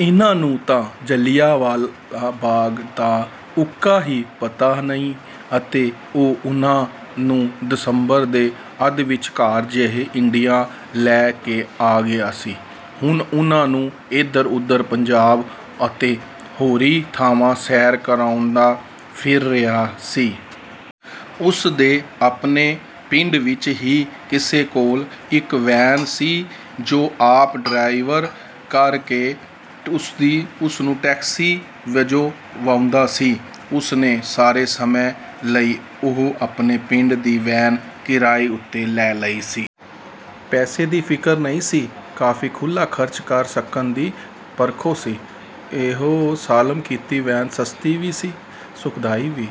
ਇਹਨਾਂ ਨੂੰ ਤਾਂ ਜਲ੍ਹਿਆਂਵਾਲਾ ਬਾਗ ਦਾ ਉਕਾ ਹੀ ਪਤਾ ਨਹੀਂ। ਅਤੇ ਉਹ ਉਹਨਾਂ ਨੂੰ ਦਸੰਬਰ ਦੇ ਅੱਧ ਵਿਚਕਾਰ ਜਿਹੇ ਇੰਡੀਆ ਲੈ ਕੇ ਆ ਗਿਆ ਸੀ। ਹੁਣ ਉਹਨਾਂ ਨੂੰ ਏਧਰ-ਉਧਰ ਪੰਜਾਬ ਅਤੇ ਹੋਰੀ ਥਾਂਈਂ ਸੈਰ ਕਰਾਉਂਦਾ ਫਿਰ ਰਿਹਾ ਸੀ। ਉਸ ਦੇ ਆਪਣੇ ਪਿੰਡ ਵਿਚ ਹੀ ਕਿਸੇ ਕੋਲ ਇਕ ਵੈਨ ਸੀ ਜੋ ਆਪ ਡਰਾਈਵ ਕਰ ਕੇ ਉਹਨੂੰ ਟੈਕਸੀ ਵਜੋਂ ਵਾਹੁੰਦਾ ਸੀ। ਉਹਨੇ, ਸਾਰੇ ਸਮੇਂ ਲਈ ਉਹ ਆਪਣੇ ਪਿੰਡ ਦੀ ਵੈਨ ਕਿਰਾਏ ਉਤੇ ਲੈ ਲਈ ਸੀ। ਪੈਸੇ ਦੀ ਫਿਕਰ ਨਹੀਂ ਸੀ। ਕਾਫੀ ਖੁੱਲ੍ਹਾ ਖਰਚ ਕਰ ਸਕਣ ਦੀ ਪਰੋਖੋਂ ਸੀ। ਇਉਂ ਸਾਲਮ ਕੀਤੀ ਵੈਨ ਸਸਤੀ ਵੀ ਸੀ, ਸੁਖਦਾਇਕ ਵੀ,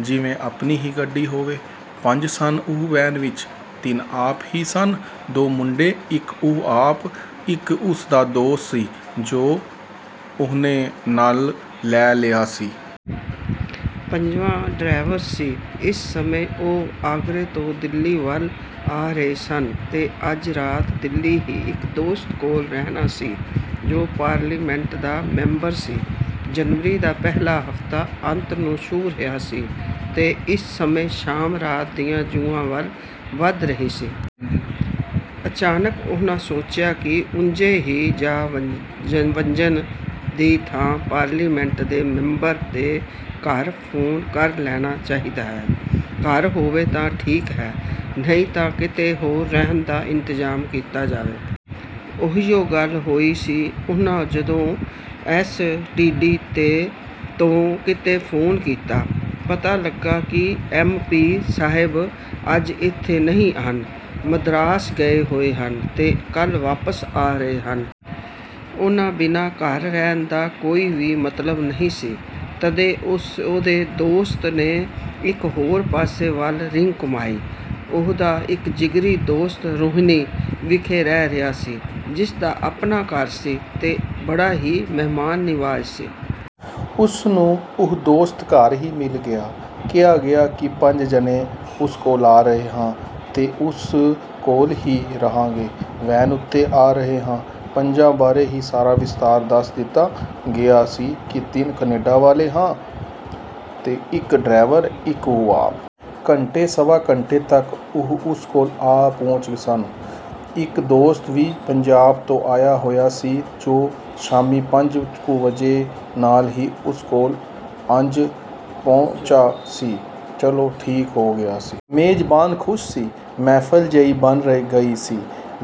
ਜਿਵੇਂ ਆਪਣੀ ਹੀ ਗੱਡੀ ਹੋਵੇ। ਪੰਜ ਸਨ ਉਹ ਵੈਨ ਵਿਚ। ਤਿੰਨ ਆਪ ਹੀ ਸਨ-ਦੋ ਮੁੰਡੇ ਇਕ ਉਹ ਆਪ-ਇਕ ਉਸ ਦਾ ਦੋਸਤ ਸੀ ਜੋ ਉਹਨੈ ਨਾਲ ਲੈ ਲਿਆ ਸੀ। ਪੰਜਵਾਂ ਡਰਾਈਵਰ ਸੀ। ਇਸ ਸਮੇਂ ਉਹ ਆਗਰਾ ਤੋਂ ਦਿੱਲੀ ਵੱਲ ਆ ਰਹੇ ਸਨ ਤੇ ਅੱਜ ਰਾਤ ਦਿੱਲੀ ਹੀ ਇਕ ਦੋਸਤ ਕੋਲ ਰਹਿਣਾ ਸੀ ਜੋ ਪਾਰਲੀਮੈਂਟ ਦਾ ਮੈਂਬਰ ਸੀ। ਜਨਵਰੀ ਦਾ ਪਹਿਲਾ ਹਫਤਾ ਅੰਤ ਨੂੰ ਛੂਹ ਰਿਹਾ ਸੀ ਤੇ ਇਸ ਸਮੇਂ ਸ਼ਾਮ ਰਾਤ ਦੀਆਂ ਜੂਹਾਂ ਵੱਲ ਵੱਧ ਰਹੀ ਸੀ। ਅਚਾਨਕ ਉਹਨਾਂ ਸੋਚਿਆ ਕਿ ਉਂਜੇ ਹੀ ਜਾ ਵੱਜਣ ਦੀ ਥਾਂ ਪਾਰਲੀਮੈਂਟ ਦੇ ਮੈਂਬਰ ਦੇ ਘਰ ਫੋਨ ਕਰ ਲੈਣਾ ਚਾਹੀਦਾ ਹੈ। ਘਰ ਹੋਵੇ ਤਾਂ ਠੀਕ ਹੈ, ਨਹੀਂ ਤਾਂ ਕਿਤੇ ਹੋਰ ਰਹਿਣ ਦਾ ਇੰਤਜ਼ਾਮ ਕੀਤਾ ਜਾਵੇ। ਉਹੀਓ ਗੱਲ ਹੋਈ ਸੀ। ਉਹਨਾਂ ਜਦੋਂ ਐਸ. ਟੀ. ਡੀ. ਤੋਂ ਕਿਤੋਂ ਫੋਨ ਕੀਤਾ ਪਤਾ ਲੱਗਾ ਕਿ ਐਮ. ਪੀ. ਸਾਹਿਬ ਅੱਜ ਏਥੇ ਨਹੀਂ ਹਨ, ਮਦਰਾਸ ਗਏ ਹੋਏ ਹਨ ਤੇ ਕੱਲ੍ਹ ਵਾਪਸ ਆ ਰਹੇ ਹਨ। ਉਹਨਾਂ ਬਿਨਾਂ ਘਰ ਰਹਿਣ ਦਾ ਕੋਈ ਵੀ ਮਤਲਬ ਨਹੀਂ ਸੀ। ਤਦੇ ਉਹਦੇ ਦੋਸਤ ਨੇ ਇਕ ਹੋਰ ਪਾਸੇ ਵੱਲ ਰਿੰਗ ਘੁਮਾਈ। ਉਹਦਾ ਇਕ ਜਿਗਰੀ ਦੋਸਤ ਰੋਹਿਨੀ ਵਿਖੇ ਰਹਿ ਰਿਹਾ ਸੀ। ਜਿਸ ਦਾ ਆਪਣਾ ਘਰ ਸੀ ਤੇ ਬੜਾ ਹੀ ਮਹਿਮਾਨ ਨਿਵਾਜ਼ ਸੀ। ਉਸ ਨੂੰ ਉਹ ਦੋਸਤ ਘਰ ਹੀ ਮਿਲ ਗਿਆ। ਕਿਹਾ ਗਿਆ ਕਿ ਪੰਜ ਜਣੇ ਉਸ ਕੋਲ ਆ ਰਹੇ ਹਾਂ ਤੇ ਉਸ ਕੋਲ ਹੀ ਰਹਾਂਗੇ। ਵੈਨ ਉਤੇ ਆ ਰਹੇ ਹਾਂ। ਪੰਜਾਂ ਬਾਰੇ ਵੀ ਸਾਰਾ ਵਿਸਤਾਰ ਦੱਸ ਦਿੱਤਾ ਗਿਆ ਸੀ ਕਿ ਤਿੰਨ ਕੈਨੇਡਾ ਵਾਲੇ ਹਨ, ਇਕ ਡਰਾਈਵਰ, ਇਕ ਉਹ ਆਪ। ਘੰਟੇ-ਸਵਾ ਘੰਟੇ ਤੱਕ ਉਹ ਉਸ ਕੋਲ ਆ ਪੁੱਜੇ ਸਨ। ਇਕ ਹੋਰ ਦੋਸਤ ਵੀ ਪੰਜਾਬ ਤੋਂ ਆਇਆ ਹੋਇਆ ਸੀ ਜੋ ਸ਼ਾਮੀ ਪੰਜ ਕੁ ਵਜੇ ਨਾਲ ਹੀ ਉਸ ਕੋਲ ਅੱਜ ਪੁੱਜਾ ਸੀ। ਚਲੋ, ਠੀਕ ਹੋ ਗਿਆ ਸੀ। ਮੇਜ਼ਬਾਨ ਖੁਸ਼ ਸੀ। ਮਹਿਫਲ ਜਿਹੀ ਬਣ ਗਈ ਸੀ।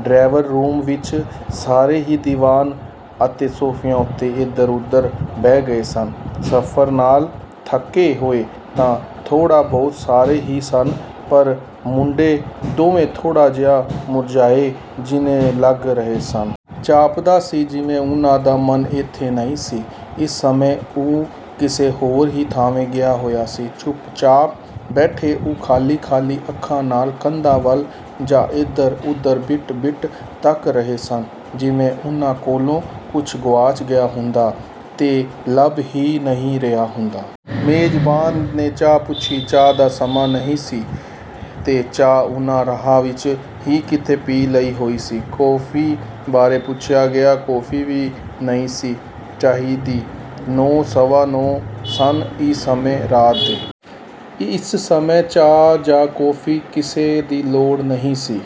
ਡਰਾਇੰਗ ਰੂਮ ਵਿਚ ਸਾਰੇ ਹੀ ਦੀਵਾਨ ਅਤੇ ਸੋਫ਼ਿਆਂ ਉਤੇ ਏਧਰ ਉਧਰ ਬਹਿ ਗਏ ਸਨ। ਸਫਰ ਨਾਲ ਥੱਕੇ ਹੋਏ ਤਾਂ ਥੋੜ੍ਹਾ ਬਹੁਤ ਸਾਰੇ ਹੀ ਸਨ ਪਰ ਮੁੰਡੇ ਦੋਵੇਂ ਥੋੜ੍ਹਾ ਜਿਹਾ ਮੁਰਝਾਏ ਜਿਹੇ ਲੱਗ ਰਹੇ ਸਨ। ਜਾਪਦਾ ਸੀ ਜਿਵੇਂ ਉਹਨਾਂ ਦਾ ਮਨ ਏਥੇ ਨਹੀਂ ਸੀ, ਇਸ ਸਮੇਂ ਉਹ ਕਿਸੇ ਹੋਰ ਹੀ ਥਾਂਵੇਂ ਗਿਆ ਹੋਇਆ ਸੀ। ਚੁੱਪ ਚਾਪ ਬੈਠੇ ਉਹ ਖਾਲੀ-ਖਾਲੀ ਅੱਖਾਂ ਨਾਲ ਕੰਧਾਂ ਵਲ ਜਾਂ ਏਧਰ ਉਧਰ ਬਿੱਟ ਬਿੱਟ ਤੱਕ ਰਹੇ ਸਨ ਜਿਵੇਂ ਉਹਨਾਂ ਕੋਲੋਂ ਕੁਝ ਗੁਆਚ ਗਿਆ ਹੁੰਦਾ ਹੈ ਤੇ ਲੱਭ ਹੀ ਨਹੀਂ ਰਿਹਾ ਹੁੰਦਾ। ਮੇਜ਼ਬਾਨ ਨੇ ਚਾਹ ਪੁੱਛੀ। ਚਾਹ ਦਾ ਸਮਾਂ ਹੀ ਨਹੀਂ ਸੀ ਤੇ ਚਾਹ ਉਹਨਾਂ ਰਾਹ ਵਿਚ ਹੀ ਕਿਤੇ ਪੀ ਲਈ ਹੋਈ ਸੀ। ਕੋਫ਼ੀ ਬਾਰੇ ਪੁੱਛਿਆ ਗਿਆ। ਕੋਫ਼ੀ ਵੀ ਨਹੀਂ ਸੀ ਚਾਹੀਦੀ। ਨੌ-ਸਵਾ ਨੌ ਸਨ ਇਸ ਸਮੇਂ ਰਾਤ ਦੇ। ਇਸ ਸਮੇਂ ਚਾਹ ਜਾਂ ਕੌਫ਼ੀ ਕਿਸੇ ਦੀ ਲੋੜ ਨਹੀਂ ਸੀ।